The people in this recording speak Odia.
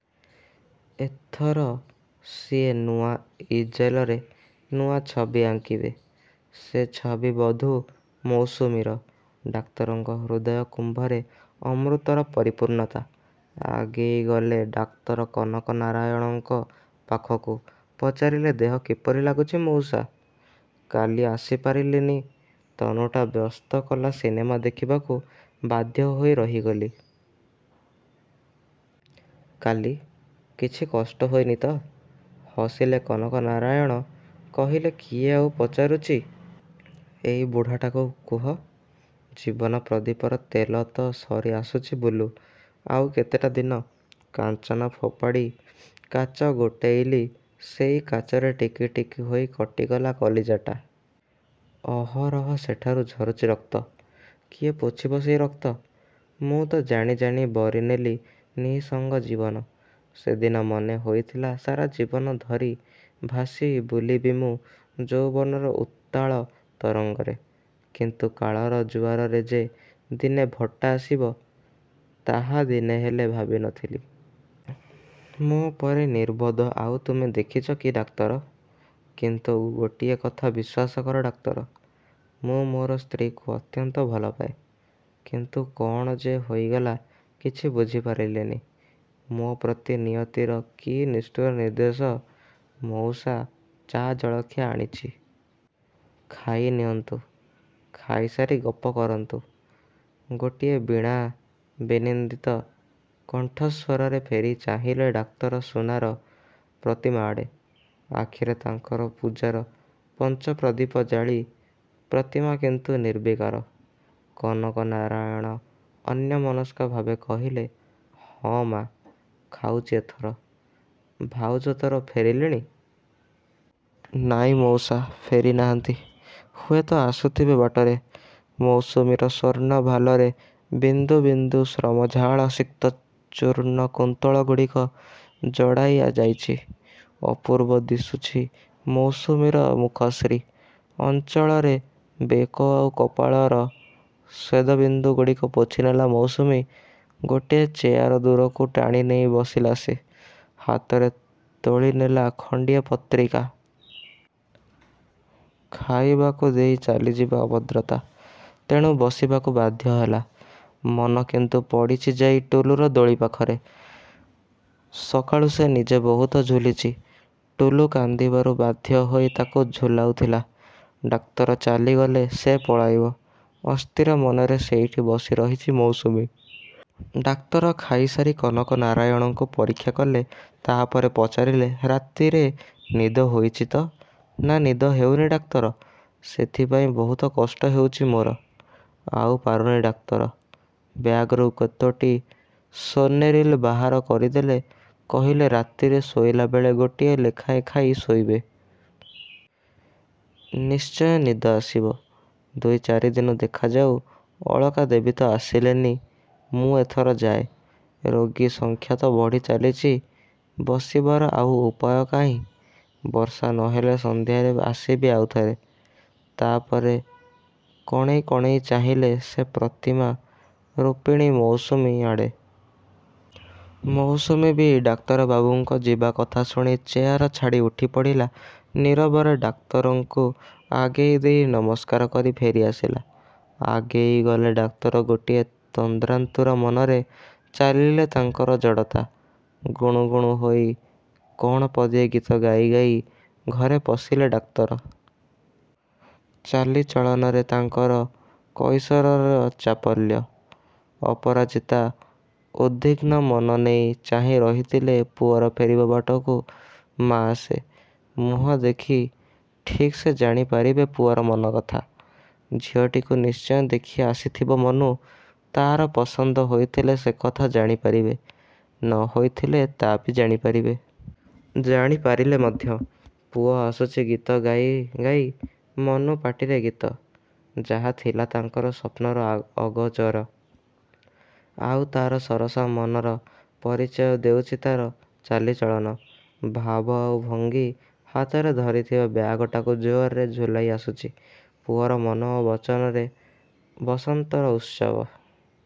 ଏଥର ସିଏ ନୂଆ ଇଜେଲରେ ନୂଆ ଛବି ଆଙ୍କିବେ। ସେ ଛବି ବଧୂ ମୌସୁମୀର। ଡାକ୍ତରଙ୍କ ହୃଦୟ-କୁମ୍ଭରେ ଅମୃତର ପରିପୂର୍ଣ୍ଣତା। ଆଗେଇଗଲେ ଡାକ୍ତର କନକ ନାରାୟଣଙ୍କ ପାଖକୁ। ପଚାରିଲେ, ଦେହ କିପରି ଲାଗୁଛି, ମଉସା? କାଲି ଆସିପାରିଲିନି, ତନୁଟା ବ୍ୟସ୍ତ କଲା ସିନେମା ଦେଖିବାକୁ। ବାଧ୍ୟ ହୋଇରହିଗଲି। କାଲି କିଛି କଷ୍ଟ ହୋଇନି ତ? ହସିଲେ କନକ ନାରାୟଣ। କହିଲେ, କିଏ ଆଉ ପଚାରୁଛି ଏଇ ବୁଢ଼ାଟାକୁ, କୁହ? ଜୀବନ-ପ୍ରଦୀପର ତେଲ ତ ସରିଆସୁଛି, ବୁଲୁ। ଆଉ କେତେଟା ଦିନ! କାଞ୍ଚନ ଫୋପାଡ଼ି କାଚ ଗୋଟେଇଲି, ସେଇ କାଚରେ ଟିକି ଟିକି ହୋଇ କଟିଗଲା କଲିଜାଟା। ଅହରହ ସେଠାରୁ ଝରୁଛି ରକ୍ତ। କିଏ ପୋଛିବ ସେଇ ରକ୍ତ? ମୁଁ ତ ଜାଣିଜାଣି ବରିନେଲି ନିଃସଙ୍ଗ ଜୀବନ। ସେଦିନ ମନେହୋଇଥିଲା ସାରା ଜୀବନ ଧରି ଭାସି ବୁଲିବି ମୁଁ ଯୌବନର ଉତ୍ତାଳ ତରଙ୍ଗରେ। କିନ୍ତୁ କାଳର ଜୁଆରରେ ଯେ ଦିନେ ଭଟ୍ଟା ଆସିବ, ତାହା ଦିନେହେଲେ ଭାବିନଥିଲି। ମୋ ପରି ନିର୍ବୋଧ ଆଉ ତୁମେ ଦେଖିଛ କି, ଡାକ୍ତର? କିନ୍ତୁ ଗୋଟିଏ କଥା ବିଶ୍ୱାସ କର, ଡାକ୍ତର, ମୁଁ ମୋର ସ୍ତ୍ରୀଙ୍କୁ ଅତ୍ୟନ୍ତ ଭଲପାଏ। କିନ୍ତୁ କ'ଣ ଯେ ହୋଇଗଲା, କିଛି ବୁଝିପାରିଲିନି। ମୋ ପ୍ରତି ନିୟତିର କି ନିଷ୍ଠୁର ନିର୍ଦ୍ଦେଶ! ମଉସା, ଚା-ଜଳଖିଆ ଆଣିଛି। ଖାଇନିଅନ୍ତୁ। ଖାଇସାରି ଗପ କରନ୍ତୁ। ଗୋଟିଏ ବୀଣା-ବିନିନ୍ଦିତ କଣ୍ଠସ୍ୱରରେ ଫେରି ଚାହିଁଲେ ଡାକ୍ତର ସୁନାର ପ୍ରତିମା ଆଡ଼େ, ଆଖିରେ ତାଙ୍କର ପୂଜାର ପଞ୍ଚପ୍ରଦୀପ ଜାଳି। ପ୍ରତିମା କିନ୍ତୁ ନିର୍ବିକାର। କନକ ନାରାୟଣ ଅନ୍ୟମନସ୍କ ଭାବେ କହିଲେ, "ହଁ, ମାଆ, ଖାଉଛି ଏଥର। ଭାଉଜ ତୋର ଫେରିଲେଣି? ନାଇଁ, ମଉସା, ଫେରିନାହାନ୍ତି। ହୁଏତ ଆସୁଥିବେ ବାଟରେ। ମୌସୁମୀର ସ୍ୱର୍ଣ୍ଣଭାଲରେ ବିନ୍ଦୁ ବିନ୍ଦୁ ଶ୍ରମଝାଳ-ସିକ୍ତ ଚୂର୍ଣ୍ଣ କୁନ୍ତଳଗୁଡ଼ିକ ଜଡ଼ାଇ ଯାଇଛି। ଅପୂର୍ବ ଦିଶୁଛି ମୌସୁମୀର ମୁଖଶ୍ରୀ। ଅଞ୍ଚଳରେ ବେକ ଆଉ କପାଳର ଶ୍ୱେଦବିନ୍ଦୁଗୁଡ଼ିକ ପୋଛିନେଲା ମୌସୁମୀ। ଗୋଟିଏ ଚେୟାର ଦୂରକୁ ଟାଣିନେଇ ବସିଲା ସେ। ହାତରେ ତୋଳିନେଲା ଖଣ୍ଡିଏ ପତ୍ରିକା। ଖାଇବାକୁ ଦେଇ ଚାଲିଯିବା ଅଭଦ୍ରତା, ତେଣୁ ବସିବାକୁ ବାଧ୍ୟହେଲା। ମନ କିନ୍ତୁ ପଡ଼ିଛି ଯାଇ ଟୁଲୁର ଦୋଳି ପାଖରେ। ସକାଳୁ ସେ ନିଜେ ବହୁତ ଝୁଲିଛି। ଟୁଲୁ କାନ୍ଦିବାରୁ ବାଧ୍ୟହୋଇ ତାକୁ ଝୁଲାଉଥିଲା। ଡାକ୍ତର ଚାଲିଗଲେ ସେ ପଳାଇବ। ଅସ୍ଥିର ମନରେ ସେଇଠି ବସି ରହିଛି ମୌସୁମୀ। ଡାକ୍ତର ଖାଇସାରି କନକ ନାରାୟଣଙ୍କୁ ପରୀକ୍ଷା କଲେ। ତା'ପରେ ପଚାରିଲେ, ରାତିରେ ନିଦ ହୋଇଛି ତ? ନା, ନିଦ ହେଉନି, ଡାକ୍ତର। ସେଥିପାଇଁ ବହୁତ କଷ୍ଟ ହେଉଛି ମୋର। ଆଉ ପାରୁନି। ଡାକ୍ତର ବ୍ୟାଗରୁ କେତୋଟି 'ସୋନେରିଲ୍' ବାହାର କରିଦେଲେ। କହିଲେ, "ରାତିରେ ଶୋଇଲାବେଳେ ଗୋଟିଏ ଲେଖାଏଁ ଖାଇ ଶୋଇବେ। ନିଶ୍ଚୟ ନିଦ ଆସିବ। ଦୁଇ-ଚାରିଦିନ ଦେଖାଯାଉ। ଅଳକା ଦେବୀ ତ ଆସିଲେନି, ମୁଁ ଏଥର ଯାଏ। ରୋଗୀ ସଂଖ୍ୟା ତ ବଢ଼ିଚାଲିଛି, ବସିବାର ଆଉ ଉପାୟ କାହିଁ! ବର୍ଷା ନ ହେଲେ ସନ୍ଧ୍ୟାରେ ଆସିବି ଆଉଥରେ। ତା'ପରେ କଣେଇ କଣେଇ ଚାହିଁଲେ ସେ ପ୍ରତିମା-ରୂପିଣୀ ମୌସୁମୀ ଆଡ଼େ। ମୌସୁମୀ ବି ଡାକ୍ତରବାବୁଙ୍କ ଯିବା କଥା ଶୁଣି ଚେୟାର ଛାଡ଼ି ଉଠିପଡ଼ିଲା। ନୀରବରେ ଡାକ୍ତରଙ୍କୁ ଆଗେଇ ଦେଇ ନମସ୍କାର କରି ଫେରିଆସିଲା। ଆଗେଇ ଗଲେ ଡାକ୍ତର ଗୋଟିଏ ତନ୍ଦ୍ରାତୁର ମନରେ। ଚାଲିରେ ତାଙ୍କର ଜଡ଼ତା। ଗୁଣୁଗୁଣୁ ହୋଇ କ'ଣ ପଦିଏ ଗୀତ ଗାଇ ଗାଇ ଘରେ ପଶିଲେ ଡାକ୍ତର। ଚାଲିଚଳନରେ ତାଙ୍କର କୈଶୋରର ଚାପଲ୍ୟ। ଅପରାଜିତା ଉଦ୍ବିଘ୍ନ ମନ ନେଇ ଚାହିଁ ରହିଥିଲେ ପୁଅର ଫେରିବା ବାଟକୁ। ମାଆ ସେ। ମୁହଁ ଦେଖି ଠିକ୍ ସେ ଜାଣିପାରିବେ ପୁଅର ମନକଥା। ଝିଅଟିକୁ ନିଶ୍ଚୟ ଦେଖିଆସିଥିବ ମନୁ। ତା'ର ପସନ୍ଦ ହୋଇଥିଲେ ସେକଥା ଜାଣିପାରିବେ, ନ ହୋଇଥିଲେ ତା'ବି ଜାଣିପାରିବେ। ଜାଣିପାରିଲେ ମଧ୍ୟ। ପୁଅ ଆସୁଛି ଗୀତ ଗାଇ ଗାଇ। ମନୁ ପାଟିରେ ଗୀତ! ଯାହା ଥିଲା ତାଙ୍କର ସ୍ୱପ୍ନର ଅଗୋଚର। ଆଉ ତା'ର ସରସ ମନର ପରିଚୟ ଦେଉଛି ତା'ର ଚାଲିଚଳନ, ଭାବ ଆଉ ଭଙ୍ଗୀ। ହାତରେ ଧରିଥିବା ବ୍ୟାଗଟାକୁ ଜୋରରେ ଝୁଲାଇ ଆସୁଛି। ପୁଅର ମନ ଓ ବଚନରେ ବସନ୍ତର ଉତ୍ସବ।